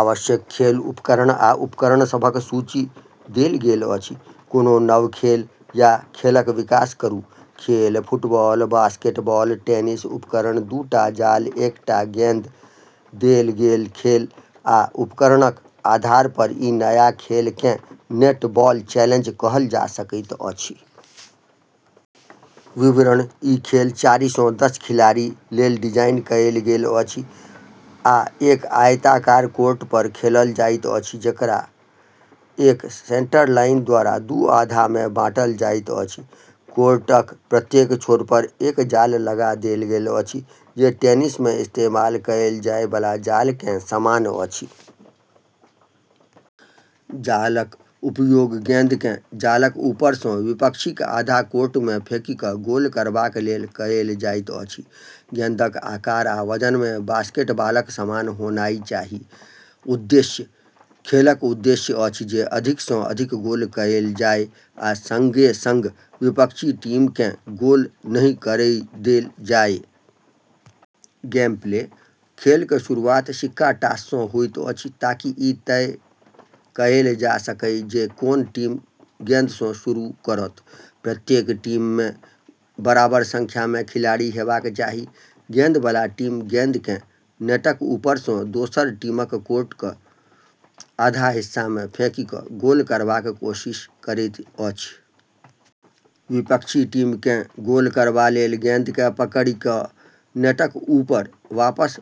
आवश्यक खेल आ उपकरण सभक सूची देल गेल अछि, कोनो नव खेल या खेलक विकास करू। खेल: फुटबॉल, बास्केटबॉल, टेनिस उपकरण: दू टा जाल, एकटा गेंद देल गेल खेल आ उपकरणक आधार पर ई नया खेल केँ "नेट बॉल चैलेंज" कहल जा सकैत अछि। विवरण: ई खेल चारि सँ दस खिलाड़ी लेल डिजाइन कएल गेल अछि आ एक आयताकार कोर्ट पर खेलल जाइत अछि, जेकरा एक सेंटरलाइन द्वारा दू आधा मे बाँटल जाइत अछि। कोर्टक प्रत्येक छोर पर एक जाल लगा देल जाइत अछि, जे टेनिस मे इस्तेमाल कएल जाए बला जाल केँ समान अछि। जालक उपयोग गेंद केँ जालक ऊपर सँ विपक्षीक आधा कोर्ट मे फेंकि कऽ गोल करबा लेल कएल जाइत अछि। गेंदक आकार आ वजन मे बास्केटबॉलक समान होनाइ चाही। उद्देश्य: खेलक उद्देश्य अछि जे अधिक सँ अधिक गोल कएल जाए आ संगे-संग विपक्षी टीम केँ गोल नहि करै देल जाए। गेमप्ले: खेलक शुरुआत सिक्का टॉस सँ होइत अछि ताकि ई तय कएल जा सकए जे कोन टीम गेंद सँ शुरू करत। प्रत्येक टीम मे बराबर संख्या मे खिलाड़ी हेबाक चाही। गेंद बला टीम गेंद केँ नेटक ऊपर सँ दोसर टीमक कोर्टक आधा हिस्सा मे फेंकि कऽ गोल करबाक कोशिश करैत अछि। विपक्षी टीम केँ गोल करबा लेल गेंद केँ पकड़ि कऽ नेटक ऊपर वापस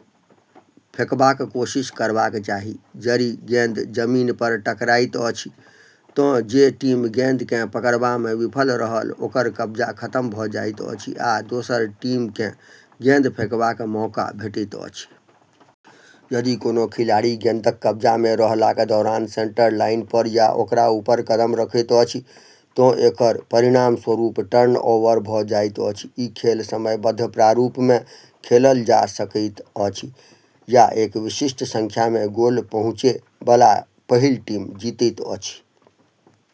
फेंकबाक कोशिश करबाक चाही। जरि गेंद जमीन पर टकराइत अछि तँ जे टीम गेंद केँ पकड़बा मे विफल रहल ओकर कब्जा खतम भऽ जाइत अछि, आ दोसर टीम केँ गेंद फेंकबाक मौका भेटैत अछि। यदि कोनो खिलाड़ी गेंदक कब्जा मे रहलाक दौरान सेंटरलाइन पर या ओकरा ऊपर कदम रखैत अछि तँ एकर परिणामस्वरूप टर्नओवर भऽ जाइत अछि। ई खेल समयबद्ध प्रारूप मे खेलल जा सकैत अछि या एक विशिष्ट संख्या मे गोल पहुँचे बला पहिल टीम जीतैत अछि।